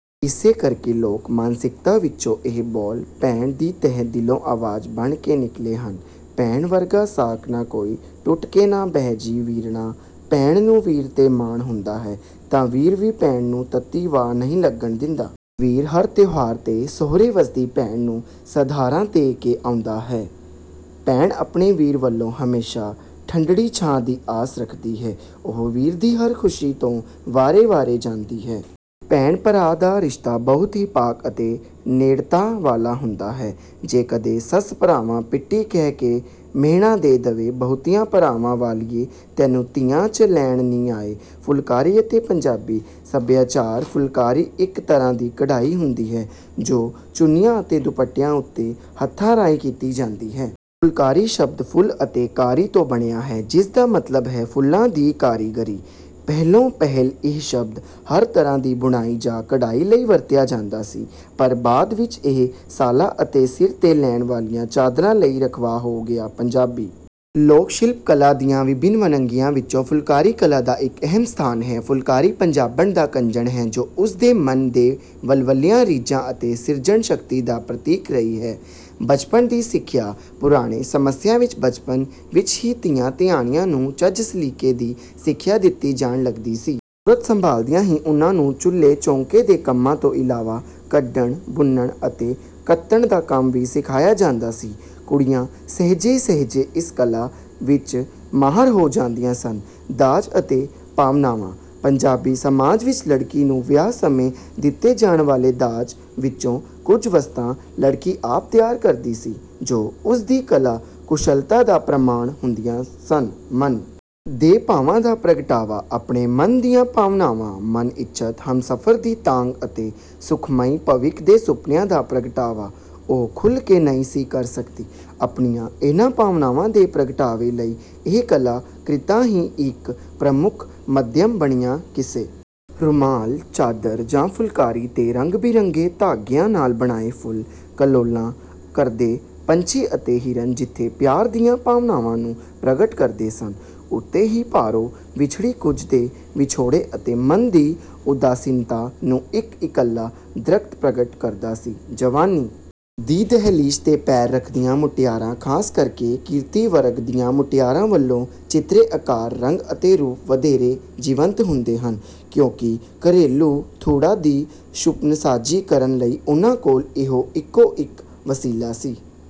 ਇਸੇ ਕਰਕੇ ਲੋਕ-ਮਾਨਸਿਕਤਾ ਵਿੱਚੋਂ ਇਹ ਬੋਲ ਭੈਣ ਦੀ ਤਹਿ ਦਿਲੋਂ ਆਵਾਜ਼ ਬਣ ਕੇ ਨਿਕਲੇ ਹਨ:"ਭੈਣ ਵਰਗਾ ਸਾਕ ਨਾ ਕੋਈ, ਟੁੱਟ ਕੇ ਨਾ ਬਹਿ ਜੀ ਵੀਰਨਾ।"ਭੈਣ ਨੂੰ ਵੀਰ 'ਤੇ ਮਾਣ ਹੁੰਦਾ ਹੈ, ਤਾਂ ਵੀਰ ਵੀ ਭੈਣ ਨੂੰ ਤੱਤੀ ਵਾਅ ਨਹੀਂ ਲੱਗਣ ਦਿੰਦਾ। ਵੀਰ ਹਰ ਤਿਉਹਾਰ 'ਤੇ ਸੋਹਰੇ ਵੱਸਦੀ ਭੈਣ ਨੂੰ ਸੰਧਾਰਾ ਦੇ ਕੇ ਆਉਂਦਾ ਹੈ। ਭੈਣ ਆਪਣੇ ਵੀਰ ਵੱਲੋਂ ਹਮੇਸ਼ਾ ਠੰਢੜੀ ਛਾਂ ਦੀ ਆਸ ਰੱਖਦੀ ਹੈ। ਉਹ ਵੀਰ ਦੀ ਹਰ ਖ਼ੁਸ਼ੀ ਤੋਂ ਵਾਰੇ-ਵਾਰੇ ਜਾਂਦੀ ਹੈ। ਭੈਣ-ਭਰਾ ਦਾ ਰਿਸ਼ਤਾ ਬਹੁਤ ਹੀ ਪਾਕ ਅਤੇ ਨੇੜਤਾ ਵਾਲਾ ਹੁੰਦਾ ਹੈ। ਜੇ ਕਦੇ ਸੱਸ 'ਭਰਾਵਾਂ ਪਿੱਟੀ' ਕਹਿ ਕੇ ਮਿਹਣਾ ਦੇ ਦੇਵੇ:"ਬਹੁਤਿਆਂ ਭਰਾਵਾਂ ਵਾਲੀਏ, ਤੈਨੂੰ ਤੀਆਂ 'ਚ ਲੈਣ ਨੀ ਆਏ।"ਫੁਲਕਾਰੀ ਅਤੇ ਪੰਜਾਬੀ ਸੱਭਿਆਚਾਰਫੁਲਕਾਰੀ ਇੱਕ ਤਰ੍ਹਾਂ ਦੀ ਕਢਾਈ ਹੁੰਦੀ ਹੈ, ਜੋ ਚੁੰਨੀਆਂ ਅਤੇ ਦੁਪੱਟਿਆਂ ਉੱਤੇ ਹੱਥਾਂ ਰਾਹੀਂ ਕੀਤੀ ਜਾਂਦੀ ਹੈ। ਫੁਲਕਾਰੀ ਸ਼ਬਦ 'ਫੁੱਲ' ਅਤੇ 'ਕਾਰੀ' ਤੋਂ ਬਣਿਆ ਹੈ, ਜਿਸ ਦਾ ਮਤਲਬ ਹੈ ਫੁੱਲਾਂ ਦੀ ਕਾਰੀਗਰੀ। ਪਹਿਲੋਂ-ਪਹਿਲ ਇਹ ਸ਼ਬਦ ਹਰ ਤਰ੍ਹਾਂ ਦੀ ਬੁਣਾਈ ਜਾਂ ਕਢਾਈ ਲਈ ਵਰਤਿਆ ਜਾਂਦਾ ਸੀ, ਪਰ ਬਾਅਦ ਵਿੱਚ ਇਹ ਸ਼ਾਲਾਂ ਅਤੇ ਸਿਰ 'ਤੇ ਲੈਣ ਵਾਲੀਆਂ ਚਾਦਰਾਂ ਲਈ ਰਾਖਵਾਂ ਹੋ ਗਿਆ। ਪੰਜਾਬੀ ਲੋਕ-ਸ਼ਿਲਪ ਕਲਾ ਦੀਆਂ ਵਿਭਿੰਨ ਵੰਨਗੀਆਂ ਵਿੱਚ ਫੁਲਕਾਰੀ ਕਲਾ ਦਾ ਇੱਕ ਅਹਿਮ ਸਥਾਨ ਹੈ। ਫੁਲਕਾਰੀ ਪੰਜਾਬਣ ਦਾ ਕੱਜਣ ਹੈ, ਜੋ ਉਸ ਦੇ ਮਨ ਦੇ ਵਲਵਲਿਆਂ, ਰੀਝਾਂ ਅਤੇ ਸਿਰਜਣ-ਸ਼ਕਤੀ ਦਾ ਪ੍ਰਤੀਕ ਰਹੀ ਹੈ। ਬਚਪਨ ਦੀ ਸਿੱਖਿਆ: ਪੁਰਾਣੇ ਸਮਿਆਂ ਵਿੱਚ ਬਚਪਨ ਵਿੱਚ ਹੀ ਧੀਆਂ-ਧਿਆਣੀਆਂ ਨੂੰ ਚੱਜ-ਸਲੀਕੇ ਦੀ ਸਿੱਖਿਆ ਦਿੱਤੀ ਜਾਣ ਲੱਗਦੀ ਸੀ। ਸੁਰਤ ਸੰਭਾਲਦਿਆਂ ਹੀ ਉਨ੍ਹਾਂ ਨੂੰ ਚੁੱਲ੍ਹੇ-ਚੌਂਕੇ ਦੇ ਕੰਮਾਂ ਤੋਂ ਇਲਾਵਾ ਕੱਢਣ, ਬੁਣਨ ਅਤੇ ਕੱਤਣ ਦਾ ਕੰਮ ਵੀ ਸਿਖਾਇਆ ਜਾਂਦਾ ਸੀ। ਕੁੜੀਆਂ ਸਹਿਜੇ-ਸਹਿਜੇ ਇਸ ਕਲਾ ਵਿੱਚ ਮਾਹਰ ਹੋ ਜਾਂਦੀਆਂ ਸਨ। ਦਾਜ ਅਤੇ ਭਾਵਨਾਵਾਂ: ਪੰਜਾਬੀ ਸਮਾਜ ਵਿੱਚ ਲੜਕੀ ਨੂੰ ਵਿਆਹ ਸਮੇਂ ਦਿੱਤੇ ਜਾਣ ਵਾਲੇ ਦਾਜ ਵਿੱਚੋਂ ਕੁਝ ਵਸਤਾਂ ਲੜਕੀ ਆਪ ਤਿਆਰ ਕਰਦੀ ਸੀ, ਜੋ ਉਸ ਦੀ ਕਲਾ-ਕੁਸ਼ਲਤਾ ਦਾ ਪ੍ਰਮਾਣ ਹੁੰਦੀਆਂ ਸਨ। ਮਨ ਦੇ ਭਾਵਾਂ ਦਾ ਪ੍ਰਗਟਾਵਾ: ਆਪਣੇ ਮਨ ਦੀਆਂ ਭਾਵਨਾਵਾਂ, ਮਨ-ਇੱਛਤ ਹਮਸਫ਼ਰ ਦੀ ਤਾਂਘ ਅਤੇ ਸੁਖਮਈ ਭਵਿੱਖ ਦੇ ਸੁਪਨਿਆਂ ਦਾ ਪ੍ਰਗਟਾਵਾ ਉਹ ਖੁੱਲ੍ਹ ਕੇ ਨਹੀਂ ਸੀ ਕਰ ਸਕਦੀ। ਆਪਣੀਆਂ ਇਹਨਾਂ ਭਾਵਨਾਵਾਂ ਦੇ ਪ੍ਰਗਟਾਵੇ ਲਈ ਇਹ ਕਲਾ-ਕ੍ਰਿਤਾਂ ਹੀ ਇੱਕ ਪ੍ਰਮੁੱਖ ਮਾਧਿਅਮ ਬਣੀਆਂ। ਕਿਸੇ ਰੁਮਾਲ, ਚਾਦਰ ਜਾਂ ਫੁਲਕਾਰੀ 'ਤੇ ਰੰਗ-ਬਿਰੰਗੇ ਧਾਗਿਆਂ ਨਾਲ ਬਣਾਏ ਫੁੱਲ, ਕਲੋਲਾਂ ਕਰਦੇ ਪੰਛੀ ਅਤੇ ਹਿਰਨ ਜਿੱਥੇ ਪਿਆਰ ਦੀਆਂ ਭਾਵਨਾਵਾਂ ਨੂੰ ਪ੍ਰਗਟ ਕਰਦੇ ਸਨ, ਉੱਥੇ ਹੀ ਡਾਰੋਂ ਵਿਛੜੀ ਕੂੰਜ ਦੇ ਵਿਛੋੜੇ ਅਤੇ ਮਨ ਦੀ ਉਦਾਸੀਨਤਾ ਨੂੰ ਇੱਕ ਇਕੱਲਾ ਦਰੱਖਤ ਪ੍ਰਗਟ ਕਰਦਾ ਸੀ। ਜਵਾਨੀ ਦੀ ਦਹਿਲੀਜ਼ 'ਤੇ ਪੈਰ ਰੱਖਦੀਆਂ ਮੁਟਿਆਰਾਂ—ਖਾਸ ਕਰਕੇ ਕਿਰਤੀ ਵਰਗ ਦੀਆਂ ਮੁਟਿਆਰਾਂ ਵੱਲੋਂ ਚਿੱਤਰੇ ਆਕਾਰ, ਰੰਗ ਅਤੇ ਰੂਪ ਵਧੇਰੇ ਜੀਵੰਤ ਹੁੰਦੇ ਹਨ, ਕਿਉਂਕਿ ਘਰੇਲੂ ਥੁੜ੍ਹਾਂ ਦੀ ਸੁਪਨਸਾਜ਼ੀ ਕਰਨ ਲਈ ਉਨ੍ਹਾਂ ਕੋਲ ਇਹੋ ਇੱਕੋ-ਇੱਕ ਵਸੀਲਾ ਸੀ।